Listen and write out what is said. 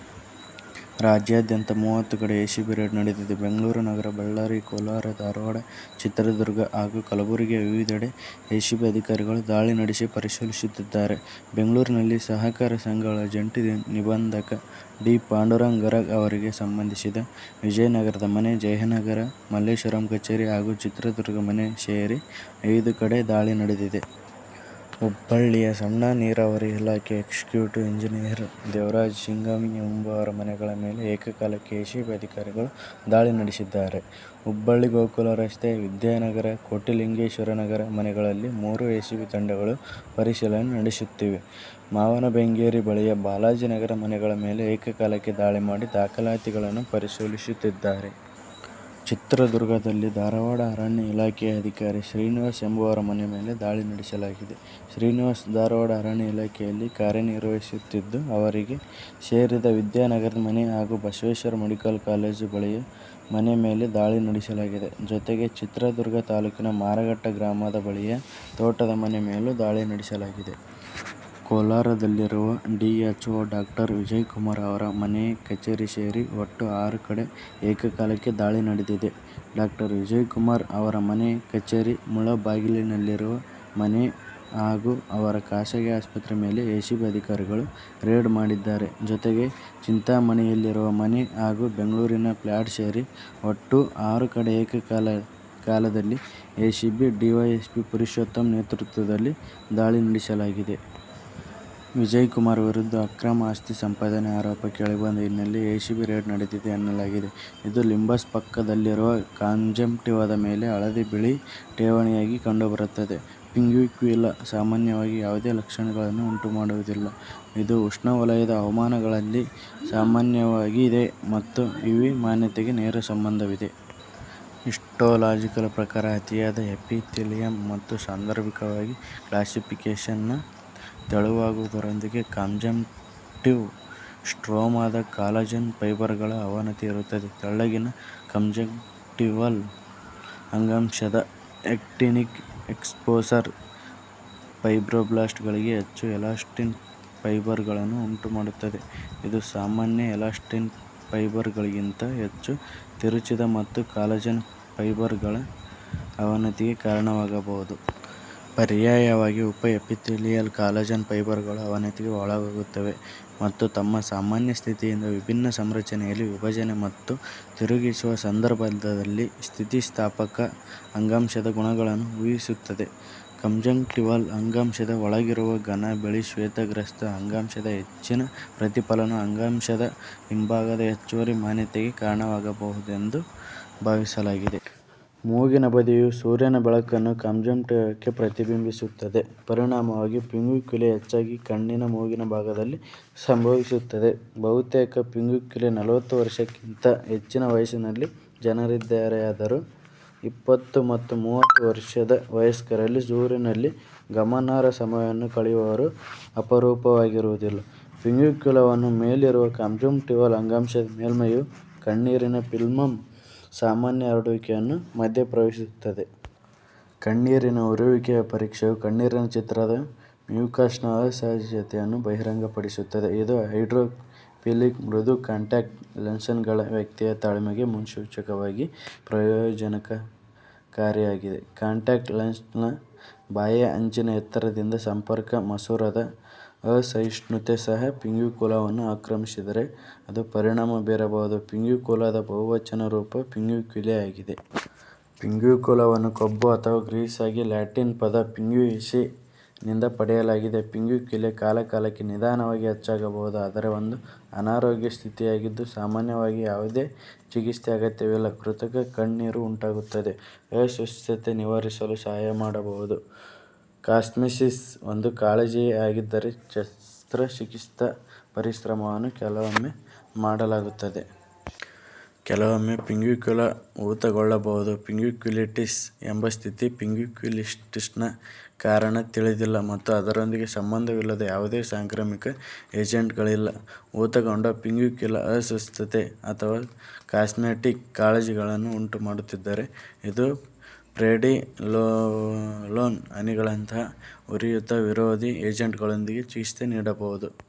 ರಾಜ್ಯಾದ್ಯಂತ ಮೂವತ್ತು ಕಡೆ ಎಸಿಬಿ ರೇಡ್ ನಡೆದಿದೆ. ಬೆಂಗಳೂರು ನಗರ, ಬಳ್ಳಾರಿ, ಕೋಲಾರ, ಧಾರವಾಡ, ಚಿತ್ರದುರ್ಗ ಹಾಗೂ ಕಲಬುರಗಿಯ ವಿವಿಧೆಡೆ ಎಸಿಬಿ ಅಧಿಕಾರಿಗಳು ದಾಳಿ ನಡೆಸಿ ಪರಿಶೀಲಿಸುತ್ತಿದ್ದಾರೆ. ಬೆಂಗಳೂರಿನಲ್ಲಿ ಸಹಕಾರ ಸಂಘಗಳ ಜಂಟಿ ನಿಂಬಂಧಕ ಡಿ. ಪಾಂಡುರಂಗ ಗರಗ್ ಅವರಿಗೆ ಸಂಬಂಧಿಸಿದ ವಿಜಯನಗರದ ಮನೆ, ಜಯನಗರ, ಮಲ್ಲೇಶ್ವರಂ ಕಚೇರಿ ಹಾಗೂ ಚಿತ್ರದುರ್ಗದ ಮನೆ ಸೇರಿ ಐದು ಕಡೆ ದಾಳಿ ನಡೆದಿದೆ. ಹುಬ್ಬಳ್ಳಿಯ ಸಣ್ಣ ನೀರಾವರಿ ಇಲಾಖೆ ಎಕ್ಸಿಕ್ಯೂಟಿವ್ ಇಂಜಿನಿಯರ್ ದೇವರಾಜ್ ಶಿಗ್ಗಾಂವಿ ಎಂಬವರ ಮನೆಗಳ ಮೇಲೆ ಏಕಕಾಲಕ್ಕೆ ಎಸಿಬಿ ಅಧಿಕಾರಿಗಳು ದಾಳಿ ನಡೆಸಿದ್ದಾರೆ. ಹುಬ್ಬಳ್ಳಿ ಗೋಕುಲ ರಸ್ತೆ, ವಿದ್ಯಾನಗರ, ಕೋಟಿಲಿಂಗೆಶ್ವರ ನಗರದ ಮನೆಗಳಲ್ಲಿ ಮೂರು ಎಸಿಬಿ ತಂಡಗಳು ಪರಿಶೀಲನೆ ನಡೆಸುತ್ತಿವೆ. ಮಾವನ ಬೆಂಗೇರಿ ಬಳಿಯ ಬಾಲಾಜಿ ನಗರದ ಮನೆಗಳ ಮೇಲೆ ಏಕಕಾಲಕ್ಕೆ ದಾಳಿ ಮಾಡಿ, ದಾಖಲಾತಿಗಳನ್ನು ಪರಿಶೀಲಿಸುತ್ತಿದ್ದಾರೆ. ಚಿತ್ರದುರ್ಗದಲ್ಲಿ ಧಾರವಾಡ ಅರಣ್ಯ ಇಲಾಖೆಯ ಅಧಿಕಾರಿ ಶ್ರೀನಿವಾಸ್ ಎಂಬುವವರ ಮನೆ ಮೇಲೆ ದಾಳಿ ನಡೆಸಲಾಗಿದೆ. ಶ್ರೀನಿವಾಸ್ ಧಾರವಾಡ ಅರಣ್ಯ ಇಲಾಖೆಯಲ್ಲಿ ಕಾರ್ಯ ನಿರ್ವಹಿಸುತ್ತಿದ್ದು, ಅವರಿಗೆ ಸೇರಿದ ವಿದ್ಯಾನಗರದ ಮನೆ ಹಾಗೂ ಬಸವೇಶ್ವರ ಮೆಡಿಕಲ್ ಕಾಲೇಜು ಬಳಿಯ ಮನೆ ಮೇಲೆ ದಾಳಿ ನಡೆಸಲಾಗಿದೆ. ಜೊತೆಗೆ ಚಿತ್ರದುರ್ಗ ತಾಲೂಕಿನ ಮಾರಘಟ್ಟ ಗ್ರಾಮದ ಬಳಿಯ ತೋಟದ ಮನೆ ಮೇಲೂ ದಾಳಿ ನಡೆಸಲಾಗಿದೆ. ಕೋಲಾರದಲ್ಲಿ ಡಿಹೆಚ್ಓ ಡಾಕ್ಟರ್. ವಿಜಯ್ ಕುಮಾರ್ ಅವರ ಮನೆ ಕಚೇರಿ ಸೇರಿ ಒಟ್ಟು ಆರು ಕಡೆ ಏಕಕಾಲಕ್ಕೆ ದಾಳಿ ನಡೆದಿದೆ. ಡಾಕ್ಟರ್. ವಿಜಯ್ ಕುಮಾರ್ ಅವರ ಮನೆ, ಕಚೇರಿ, ಮುಳಬಾಗಿಲಿನಲ್ಲಿರುವ ಮನೆ ಹಾಗೂ ಅವರ ಖಾಸಗಿ ಆಸ್ಪತ್ರೆ ಮೇಲೆ ಎಸಿಬಿ ಅಧಿಕಾರಿಗಳು ರೇಡ್ ಮಾಡಿದ್ದಾರೆ. ಜೊತೆಗೆ ಚಿಂತಾಮಣಿಯಲ್ಲಿರುವ ಮನೆ ಹಾಗೂ ಬೆಂಗಳೂರಿನ ಫ್ಲಾಟ್ ಸೇರಿ ಒಟ್ಟು ಆರು ಕಡೆ ಏಕಕಾಲದಲ್ಲಿ ಎಸಿಬಿ ಡಿವೈಎಸ್ಪಿ ಪುರುಷೋತ್ತಮ್ ನೇತೃತ್ವದಲ್ಲಿ ದಾಳಿ ನಡೆಸಲಾಗಿದೆ. ಡಾಕ್ಟರ್ ವಿಜಯ್ ಕುಮಾರ್ ವಿರುದ್ಧ ಅಕ್ರಮ ಆಸ್ತಿ ಸಂಪಾದನೆ ಆರೋಪ ಕೇಳಿಬಂದ ಹಿನ್ನೆಲೆ ಎಸಿಬಿ ರೇಡ್ ನಡೆದಿದೆ ಎನ್ನಲಾಗಿದೆ. ಇದು ಲಿಂಬಸ್ ಪಕ್ಕದಲ್ಲಿರುವ ಕಾಂಜಂಕ್ಟಿವದ ಮೇಲೆ ಹಳದಿ-ಬಿಳಿ ಠೇವಣಿಯಾಗಿ ಕಂಡುಬರುತ್ತದೆ.. ಪಿಂಗ್ಯುಕ್ಯುಲಾ ಸಾಮಾನ್ಯವಾಗಿ ಯಾವುದೇ ಲಕ್ಷಣಗಳನ್ನು ಉಂಟುಮಾಡುವುದಿಲ್ಲ. ಇದು ಉಷ್ಣವಲಯದ ಹವಾಮಾನಗಳಲ್ಲಿ ಸಾಮಾನ್ಯವಾಗಿದೆ ಮತ್ತು ಯುವಿ ಮಾನ್ಯತೆಗೆ ನೇರ ಸಂಬಂಧವಿದೆ. ಹಿಸ್ಟೊಲಾಜಿಕಲ್ ಪ್ರಕಾರ, ಅತಿಯಾದ ಎಪಿಥೇಲಿಯಮ್ ಮತ್ತು ಸಾಂದರ್ಭಿಕವಾಗಿ ಕ್ಲಾಸಿಫಿಕೇಷನ್ ನ ತೆಳುವಾಗುವುದರೊಂದಿಗೆ ಕಾಂಜಂಕ್ಟಿವ್ ಸ್ಟ್ರೋಮಾದ ಕಾಲಜನ್ ಫೈಬರ್ಗಳ ಅವನತಿ ಇರುತ್ತದೆ. ತೆಳ್ಳಗಿನ ಕಂಜಂಕ್ಟಿವಲ್ ಅಂಗಾಂಶದ ಅಕ್ಟೀನಿಕ್ ಎಕ್ಸ್ಪೋಸರ್ ಫೈಬ್ರೋಬ್ಲಾಸ್ಟ್ಗಳಿಗೆ ಹೆಚ್ಚು ಎಲಾಸ್ಟಿನ್ ಫೈಬರ್ಗಳನ್ನು ಉಂಟುಮಾಡುತ್ತದೆ, ಇದು ಸಾಮಾನ್ಯ ಎಲಾಸ್ಟಿನ್ ಫೈಬರ್ಗಳಿಗಿಂತ ಹೆಚ್ಚು ತಿರುಚಿದ ಮತ್ತು ಕಾಲಜನ್ ಫೈಬರ್ಗಳ ಅವನತಿಗೆ ಕಾರಣವಾಗಬಹುದು. ಪರ್ಯಾಯವಾಗಿ, ಉಪ-ಎಪಿಥೆಲಿಯಲ್ ಕಾಲಜನ್ ಫೈಬರ್ಗಳು ಅವನತಿಗೆ ಒಳಗಾಗುತ್ತವೆ ಮತ್ತು ತಮ್ಮ ಸಾಮಾನ್ಯ ಸ್ಥಿತಿಯಿಂದ ವಿಭಿನ್ನ ಸಂರಚನೆಯಲ್ಲಿ ವಿಭಜನೆ ಮತ್ತು ತಿರುಗಿಸುವ ಸಂದರ್ಭದಲ್ಲಿ ಸ್ಥಿತಿಸ್ಥಾಪಕ ಅಂಗಾಂಶದ ಗುಣಗಳನ್ನು ಊಹಿಸುತ್ತವೆ. ಕಂಜಂಕ್ಟಿವಲ್ ಅಂಗಾಂಶದ ಒಳಗಿರುವ ಘನ ಬಿಳಿ ಶ್ವೇತಗ್ರಸ್ತ ಅಂಗಾಂಶದ ಹೆಚ್ಚಿನ ಪ್ರತಿಫಲನವು ಅಂಗಾಂಶದ ಹಿಂಭಾಗದ ಹೆಚ್ಚುವರಿ ಮಾನ್ಯತೆಗೆ ಕಾರಣವಾಗಬಹುದು ಎಂದು ಭಾವಿಸಲಾಗಿದೆ. ಮೂಗಿನ ಬದಿಯು ಸೂರ್ಯನ ಬೆಳಕನ್ನು ಕಾಂಜಂಕ್ಟಿವಕ್ಕೆ ಪ್ರತಿಬಿಂಬಿಸುತ್ತದೆ. ಪರಿಣಾಮವಾಗಿ, ಪಿಂಗ್ಯುಕ್ಯುಲೇ ಹೆಚ್ಚಾಗಿ ಕಣ್ಣಿನ ಮೂಗಿನ ಭಾಗದಲ್ಲಿ ಸಂಭವಿಸುತ್ತದೆ. ಬಹುತೇಕ ಪಿಂಗ್ಯುಕ್ಯುಲೇ ನಲವತ್ತು ವರ್ಷಕ್ಕಿಂತ ಹೆಚ್ಚಿನ ವಯಸ್ಸಿನ ಜನರಿದ್ದಾರೆಯಾದರೂ, ಇಪ್ಪತ್ತು ಮತ್ತು ಮೂವತ್ತು ವರ್ಷದ ವಯಸ್ಕರಲ್ಲಿ ಸೂರ್ಯನಲ್ಲಿ ಗಮನಾರ್ಹ ಸಮಯವನ್ನು ಕಳೆಯುವವರು ಅಪರೂಪವಾಗಿರುವುದಿಲ್ಲ. ಪಿಂಗ್ಯುಕ್ಯುಲಾವನ್ನು ಮೇಲಿರುವ ಕಾಂಜಂಕ್ಟಿವಲ್ ಅಂಗಾಂಶದ ಮೇಲ್ಮೈಯು ಕಣ್ಣೀರಿನ ಫಿಲ್ಮ್ನ ಸಾಮಾನ್ಯ ಹರಡುವಿಕೆಯನ್ನು ಮಧ್ಯಪ್ರವೇಶಿಸುತ್ತದೆ. ಕಣ್ಣೀರಿನ ಉರಿಯುವಿಕೆಯ ಪರೀಕ್ಷೆಯು ಕಣ್ಣೀರಿನ ಚಿತ್ರದ ಮ್ಯೂಕಸ್ನ ಅಸಹಜತೆಯನ್ನು ಬಹಿರಂಗಪಡಿಸುತ್ತದೆ, ಇದು ಹೈಡ್ರೋಫಿಲಿಕ್ ಮೃದು ಕಾಂಟ್ಯಾಕ್ಟ್ ಲೆನ್ಸ್ಗಳ ವ್ಯಕ್ತಿಯ ತಾಳ್ಮೆಗೆ ಮುನ್ಸೂಚಕವಾಗಿ ಪ್ರಯೋಜನಕಾರಿಯಾಗಿದೆ. ಕಾಂಟ್ಯಾಕ್ಟ್ ಲೆನ್ಸ್ನ ಬಾಹ್ಯ ಅಂಚಿನ ಎತ್ತರದಿಂದ ಸಂಪರ್ಕ ಮಸೂರದ ಅಸಹಿಷ್ಣುತೆ ಸಹ ಪಿಂಗ್ಯುಕುಲಾವನ್ನು ಅತಿಕ್ರಮಿಸಿದರೆ ಅದು ಪರಿಣಾಮ ಬೀರಬಹುದು. ಪಿಂಗ್ಯುಕುಲಾದ ಬಹುವಚನ ರೂಪ ಪಿಂಗ್ಯುಕ್ಯುಲೇ ಆಗಿದೆ. ಪಿಂಗ್ಯುಕುಲಾವನ್ನು ಕೊಬ್ಬು ಅಥವಾ ಗ್ರೀಸ್ಗಾಗಿ ಲ್ಯಾಟಿನ್ ಪದ "ಪಿಂಗ್ಯುಯಿಸ್" ನಿಂದ ಪಡೆಯಲಾಗಿದೆ. ಪಿಂಗ್ಯುಕ್ಯುಲೇ ಕಾಲಕಾಲಕ್ಕೆ ನಿಧಾನವಾಗಿ ಹೆಚ್ಚಾಗಬಹುದು, ಆದರೆ ಒಂದು ಅನಾರೋಗ್ಯ ಸ್ಥಿತಿಯಾಗಿದ್ದು, ಸಾಮಾನ್ಯವಾಗಿ ಯಾವುದೇ ಚಿಕಿತ್ಸೆ ಅಗತ್ಯವಿಲ್ಲ. ಕೃತಕ ಕಣ್ಣೀರು ಉಂಟಾಗುತ್ತದೆ, ಅಸ್ವಸ್ಥತೆ ನಿವಾರಿಸಲು ಸಹಾಯ ಮಾಡಬಹುದು. ಕಾಸ್ಮೆಸಿಸ್ ಒಂದು ಕಾಳಜಿಯೇ ಆಗಿದ್ದರೆ, ಶಸ್ತ್ರಚಿಕಿತ್ಸಾ ಪರಿಶ್ರಮವನ್ನು ಕೆಲವೊಮ್ಮೆ ಮಾಡಲಾಗುತ್ತದೆ. ಕೆಲವೊಮ್ಮೆ, ಪಿಂಗ್ಯುಕ್ಯುಲಾ ಊತಗೊಳ್ಳಬಹುದು, ಪಿಂಗ್ಯುಕ್ಯುಲಿಟಿಸ್ ಎಂಬ ಸ್ಥಿತಿ. ಪಿಂಗ್ಯುಕ್ಯುಲಿಟಿಸ್ನ ಕಾರಣ ತಿಳಿದಿಲ್ಲ ಮತ್ತು ಅದರೊಂದಿಗೆ ಸಂಬಂಧವಿಲ್ಲದ ಯಾವುದೇ ಸಾಂಕ್ರಾಮಿಕ ಏಜೆಂಟ್ಗಳಿಲ್ಲ. ಊತಗೊಂಡ ಪಿಂಗ್ಯುಕುಲಾ ಅಸ್ವಸ್ಥತೆ ಅಥವಾ ಕಾಸ್ಮೆಟಿಕ್ ಕಾಳಜಿಗಳನ್ನು ಉಂಟುಮಾಡುತ್ತಿದ್ದರೆ, ಇದು ಪ್ರೆಡಿನೊಲೋನ್ ಹನಿಗಳಂತಹ ಉರಿಯೂತ-ವಿರೋಧಿ ಏಜೆಂಟ್ಗಳೊಂದಿಗೆ ಚಿಕಿತ್ಸೆ ನೀಡಬಹುದು.